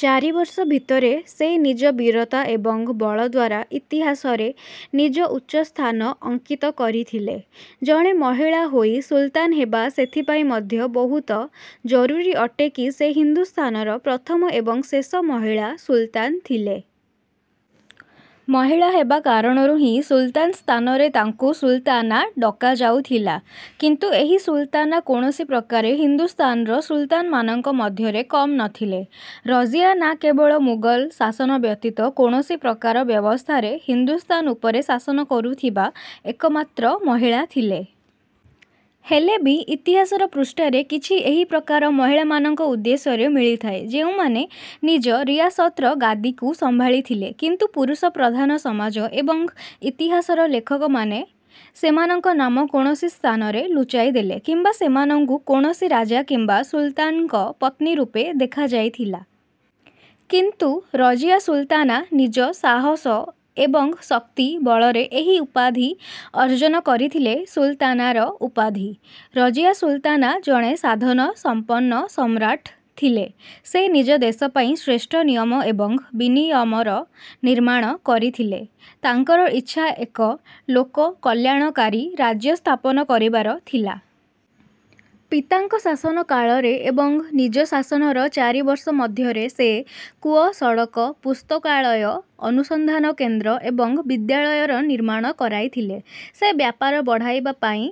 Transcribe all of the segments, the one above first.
ଚାରି ବର୍ଷ ଭିତରେ ସେ ନିଜ ବୀରତା ଏବଂ ବଳ ଦ୍ୱାରା ଇତିହାସରେ ନିଜ ଉଚ୍ଚ ସ୍ଥାନ ଅଙ୍କିତ କରିଥିଲେ। ଜଣେ ମହିଳା ହୋଇ ସୁଲତାନ୍ ହେବା ସେଥିପାଇଁ ମଧ୍ୟ ବହୁତ ଜରୁରୀ ଅଟେ କି ସେ ହିନ୍ଦୁସ୍ଥାନର ପ୍ରଥମ ଏବଂ ଶେଷ ମହିଳା ସୁଲତାନ୍ ଥିଲେ। ମହିଳା ହେବା କାରଣରୁ ହିଁ ସୁଲତାନ୍ ସ୍ଥାନରେ ତାଙ୍କୁ ସୁଲତାନା ଡକାଯାଉଥିଲା। କିନ୍ତୁ ଏହି ସୁଲତାନା କୌଣସି ପ୍ରକାରେ ହିନ୍ଦୁସ୍ଥାନର ସୁଲତାନ୍‌ମାନଙ୍କ ମଧ୍ୟରେ କମ୍ ନଥିଲେ। ରଜିୟା ନା କେବଳ ମୁଗଲ ଶାସନ ବ୍ୟତୀତ କୌଣସି ପ୍ରକାର ବ୍ୟବସ୍ଥାରେ ହିନ୍ଦୁସ୍ଥାନ ଉପରେ ଶାସନ କରୁଥିବା ଏକମାତ୍ର ମହିଳା ଥିଲେ। ହେଲେ ବି ଇତିହାସର ପୃଷ୍ଠାରେ କିଛି ଏହିପ୍ରକାର ମହିଳାମାନଙ୍କ ଉଦ୍ଦେଶ୍ୟରେ ମିଳିଥାଏ ଯେଉଁମାନେ ନିଜ ରିୟାସତର ଗାଦିକୁ ସମ୍ଭାଳିଥିଲେ। କିନ୍ତୁ ପୁରୁଷ ପ୍ରଧାନ ସମାଜ ଏବଂ ଇତିହାସର ଲେଖକମାନେ ସେମାନଙ୍କ ନାମ କୌଣସି ସ୍ଥାନରେ ଲୁଚାଇଦେଲେ କିମ୍ବା ସେମାନଙ୍କୁ କୌଣସି ରାଜା କିମ୍ବା ସୁଲତାନ୍‌ଙ୍କ ପତ୍ନୀ ରୂପେ ଦେଖାଯାଇଥିଲା। କିନ୍ତୁ ରଜିୟା ସୁଲତାନା ନିଜ ସାହସ ଏବଂ ଶକ୍ତି ବଳରେ ଏହି ଉପାଧି ଅର୍ଜନ କରିଥିଲେ ସୁଲତାନାର ଉପାଧି। ରଜିୟା ସୁଲତାନା ଜଣେ ସାଧନ ସମ୍ପନ୍ନ ସମ୍ରାଟ ଥିଲେ। ସେ ନିଜ ଦେଶ ପାଇଁ ଶ୍ରେଷ୍ଠ ନିୟମ ଏବଂ ବିନିୟମର ନିର୍ମାଣ କରିଥିଲେ। ତାଙ୍କର ଇଚ୍ଛା ଏକ ଲୋକକଲ୍ୟାଣକାରୀ ରାଜ୍ୟ ସ୍ଥାପନ କରିବାର ଥିଲା। ପିତାଙ୍କ ଶାସନ କାଳରେ ଏବଂ ନିଜ ଶାସନର ଚାରି ବର୍ଷ ମଧ୍ୟରେ ସେ କୂଅ, ସଡ଼କ, ପୁସ୍ତକାଳୟ, ଅନୁସନ୍ଧାନ କେନ୍ଦ୍ର ଏବଂ ବିଦ୍ୟାଳୟର ନିର୍ମାଣ କରାଇଥିଲେ। ସେ ବ୍ୟାପାର ବଢ଼ାଇବା ପାଇଁ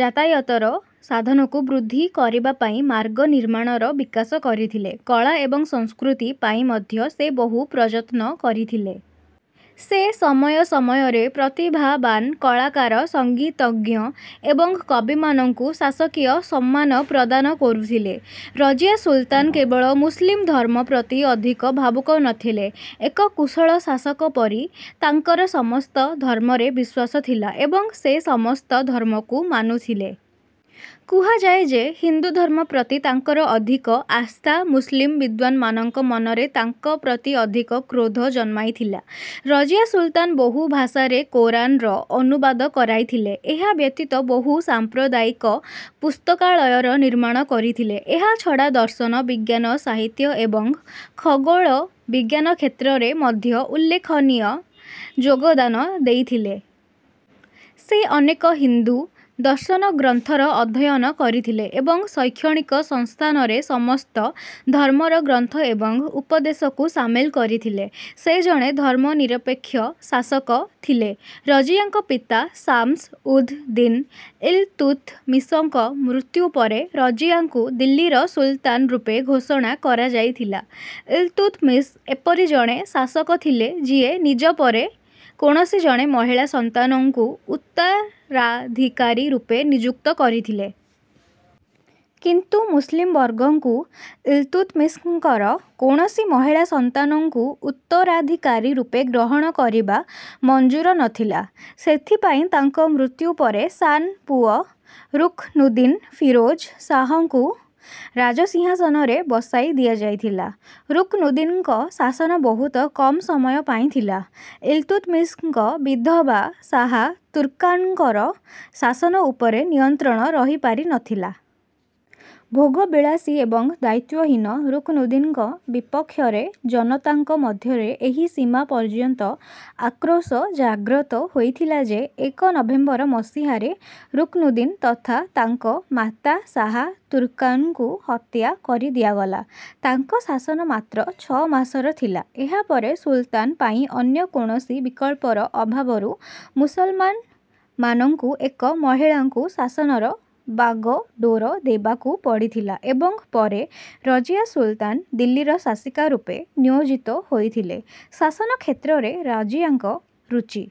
ଯାତାୟାତର ସାଧନକୁ ବୃଦ୍ଧି କରିବା ପାଇଁ ମାର୍ଗ ନିର୍ମାଣର ବିକାଶ କରିଥିଲେ। କଳା ଏବଂ ସଂସ୍କୃତି ପାଇଁ ମଧ୍ୟ ସେ ବହୁ ପ୍ରଯତ୍ନ କରିଥିଲେ। ସେ ସମୟ ସମୟରେ ପ୍ରତିଭାବାନ୍ କଳାକାର, ସଙ୍ଗୀତଜ୍ଞ ଏବଂ କବିମାନଙ୍କୁ ଶାସକୀୟ ସମ୍ମାନ ପ୍ରଦାନ କରୁଥିଲେ। ରଜିୟା ସୁଲତାନ୍ କେବଳ ମୁସଲିମ୍ ଧର୍ମ ପ୍ରତି ଅଧିକ ଭାବୁକ ନଥିଲେ। ଏକ କୁଶଳ ଶାସକ ପରି ତାଙ୍କର ସମସ୍ତ ଧର୍ମରେ ବିଶ୍ୱାସ ଥିଲା ଏବଂ ସେ ସମସ୍ତ ଧର୍ମକୁ ମାନୁଥିଲେ। କୁହାଯାଏ ଯେ ହିନ୍ଦୁ ଧର୍ମ ପ୍ରତି ତାଙ୍କର ଅଧିକ ଆସ୍ଥା ମୁସଲିମ୍ ବିଦ୍ୱାନ୍‌ମାନଙ୍କ ମନରେ ତାଙ୍କ ପ୍ରତି ଅଧିକ କ୍ରୋଧ ଜନ୍ମାଇଥିଲା। ରଜିୟା ସୁଲତାନ୍ ବହୁ ଭାଷାରେ କୋରାନ୍‌ର ଅନୁବାଦ କରାଇଥିଲେ। ଏହା ବ୍ୟତୀତ ବହୁ ସାମ୍ପ୍ରଦାୟିକ ପୁସ୍ତକାଳୟର ନିର୍ମାଣ କରିଥିଲେ। ଏହା ଛଡ଼ା ଦର୍ଶନ, ବିଜ୍ଞାନ, ସାହିତ୍ୟ ଏବଂ ଖଗୋଳ ବିଜ୍ଞାନ କ୍ଷେତ୍ରରେ ମଧ୍ୟ ଉଲ୍ଲେଖନୀୟ ଯୋଗଦାନ ଦେଇଥିଲେ। ସେ ଅନେକ ହିନ୍ଦୁ ଦର୍ଶନଗ୍ରନ୍ଥର ଅଧ୍ୟୟନ କରିଥିଲେ ଏବଂ ଶୈକ୍ଷଣିକ ସଂସ୍ଥାନରେ ସମସ୍ତ ଧର୍ମର ଗ୍ରନ୍ଥ ଏବଂ ଉପଦେଶକୁ ସାମିଲ କରିଥିଲେ। ସେ ଜଣେ ଧର୍ମନିରପେକ୍ଷ ଶାସକ ଥିଲେ। ରଜିୟାଙ୍କ ପିତା ଶାମ୍ସ-ଉଦ୍-ଦିନ୍-ଇଲ୍‌ତୁତ୍‌ମିଶଙ୍କ ମୃତ୍ୟୁ ପରେ, ରଜିୟାଙ୍କୁ ଦିଲ୍ଲୀର ସୁଲତାନ୍ ରୂପେ ଘୋଷଣା କରାଯାଇଥିଲା। ଇଲ୍‌ତୁତ୍‌ମିଶ ଏପରି ଜଣେ ଶାସକ ଥିଲେ ଯିଏ ନିଜ ପରେ କୌଣସି ଜଣେ ମହିଳା ସନ୍ତାନଙ୍କୁ ଉତ୍ତରାଧିକାରୀ ରୂପେ ନିଯୁକ୍ତ କରିଥିଲେ। କିନ୍ତୁ ମୁସଲିମ୍ ବର୍ଗଙ୍କୁ ଇଲ୍‌ତୁତ୍‌ମିଶଙ୍କର କୌଣସି ମହିଳା ସନ୍ତାନଙ୍କୁ ଉତ୍ତରାଧିକାରୀ ରୂପେ ଗ୍ରହଣ କରିବା ମଞ୍ଜୁର ନଥିଲା। ସେଥିପାଇଁ ତାଙ୍କ ମୃତ୍ୟୁ ପରେ ସାନ ପୁଅ ରୁକ୍‌ନୁଦ୍ଦୀନ୍ ଫିରୋଜ ଶାହଙ୍କୁ ରାଜସିଂହାସନରେ ବସାଇ ଦିଆଯାଇଥିଲା। ରୁକ୍‌ନୁଦ୍ଦୀନ୍‌ଙ୍କ ଶାସନ ବହୁତ କମ୍ ସମୟ ପାଇଁ ଥିଲା। ଇଲ୍‌ତୁତ୍‌ମିଶଙ୍କ ବିଧବା ଶାହା ତୁର୍କାନ୍‌ଙ୍କର ଶାସନ ଉପରେ ନିୟନ୍ତ୍ରଣ ରହିପାରିନଥିଲା। ଭୋଗବିଳାସୀ ଏବଂ ଦାୟିତ୍ୱହୀନ ରୁକ୍‌ନୁଦ୍ଦୀନ୍‌ଙ୍କ ବିପକ୍ଷରେ ଜନତାଙ୍କ ମଧ୍ୟରେ ଏହି ସୀମା ପର୍ଯ୍ୟନ୍ତ ଆକ୍ରୋଶ ଜାଗ୍ରତ ହୋଇଥିଲା ଯେ ଏକ ନଭେମ୍ବର ମସିହାରେ ରୁକ୍‌ନୁଦ୍ଦୀନ୍ ତଥା ତାଙ୍କ ମାତା ଶାହା ତୁର୍କାନ୍‌ଙ୍କୁ ହତ୍ୟା କରିଦିଆଗଲା। ତାଙ୍କ ଶାସନ ମାତ୍ର ଛଅ ମାସର ଥିଲା। ଏହା ପରେ ସୁଲତାନ୍ ପାଇଁ ଅନ୍ୟ କୌଣସି ବିକଳ୍ପର ଅଭାବରୁ ମୁସଲମାନମାନଙ୍କୁ ଏକ ମହିଳାଙ୍କୁ ଶାସନର ବାଗଡୋର ଦେବାକୁ ପଡ଼ିଥିଲା ଏବଂ ପରେ ରଜିୟା ସୁଲତାନ୍ ଦିଲ୍ଲୀର ଶାସିକା ରୂପେ ନିୟୋଜିତ ହୋଇଥିଲେ। ଶାସନ କ୍ଷେତ୍ରରେ ରଜିୟାଙ୍କ ରୁଚି